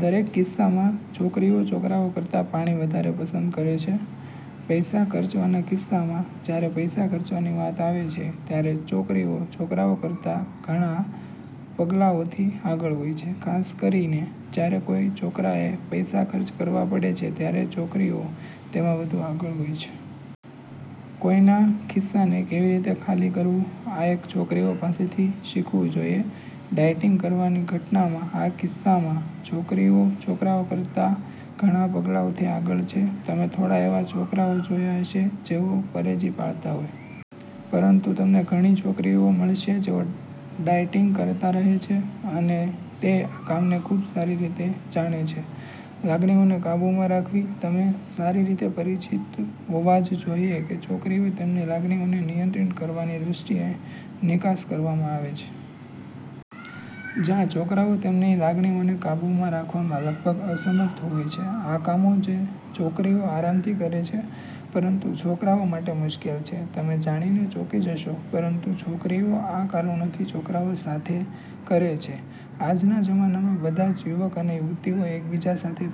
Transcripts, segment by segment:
દરેક કિસ્સામાં છોકરીઓ છોકરાઓ કરતા પાણી વધારે પસંદ કરે છે. પૈસા ખર્ચવાના કિસ્સામાં: જ્યારે પૈસા ખર્ચવાની વાત આવે છે, ત્યારે છોકરીઓ છોકરાઓ કરતા ઘણા પગલાઓથી આગળ હોય છે. ખાસ કરીને જ્યારે કોઈ છોકરાએ પૈસા ખર્ચ કરવા પડે છે ત્યારે છોકરીઓ તેમાં વધુ આગળ હોય છે. કોઈના ખિસ્સાને કેવી રીતે ખાલી કરવું, આ એક છોકરીઓ પાસેથી શીખવું જોઈએ. ડાયટિંગ કરવાની ઘટનામાં: આ કિસ્સામાં, છોકરીઓ છોકરાઓ કરતા ઘણા પગલાઓથી આગળ છે. તમે થોડા એવા છોકરાઓ જોયા હશે જેઓ પરેજી પાળતા હોય. પરંતુ તમને ઘણી છોકરીઓ મળશે જેઓ ડાયેટિંગ કરતા રહે છે. અને તે આ કામને ખૂબ સારી રીતે જાણે છે. લાગણીઓને કાબૂમાં રાખવી: તમે સારી રીતે પરિચિત હોવા જ જોઈએ કે છોકરીઓ તેમની લાગણીઓને નિયંત્રિત કરવાની દ્રષ્ટિએ નિકાસ કરવામાં આવે છે. જ્યાં છોકરાઓ તેમની લાગણીઓને કાબૂમાં રાખવામાં લગભગ અસમર્થ હોય છે. "આ કામો જે છોકરીઓ આરામથી કરે છે, પરંતુ છોકરાઓ માટે મુશ્કેલ છે". તમે જાણી ને ચોંકી જશો, પરંતુ છોકરીઓ આ કારણોથી છોકરાઓ સાથે કરે છે આજના જમાનામાં બધા જ યુવક અને યુવતીઓં એક બીજા સાથે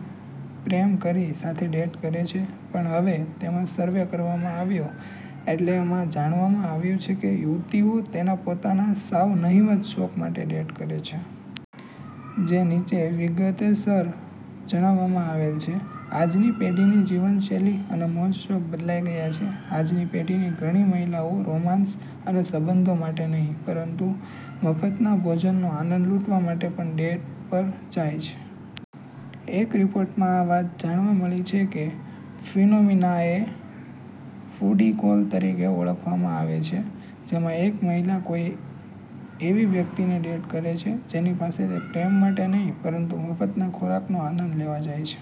પ્રેમ કરી સાથે ડેટ કરે છે, પણ હવે તેમાં સર્વે કરવામાં આવ્યો એટલે એમાં જાણવામાં આવ્યું છે કે યુવતીઓં તેના પોતાના સાઉ નહીવત શોખ માટે ડેટ કરે છે. જે નીચે વિગતેસર જણાવવામાં આવેલ છે. આજની પેઢીની જીવનશૈલી અને મોજશોખ બદલાઇ ગયા છે. આજની પેઢીની ઘણી મહિલાઓ રોમાંસ અને સંબંધો માટે નહીં, પરંતુ મફતના ભોજનનો આનંદ લૂંટવા માટે પણ ડેટ પર જાય છે. એક રિપોર્ટમાં આ વાત જાણવા મળી છે કે, ફિનોમિનાએ ફૂડી કૉલ તરીકે ઓળખવામાં આવે છે. જેમાં એક મહિલા કોઇ એવી વ્યક્તિને ડેટ કરે છે, જેની પાસે તે પ્રેમ માટે નહીં, પરંતુ મફતના ખોરાકનો આનંદ લેવા જાય છે.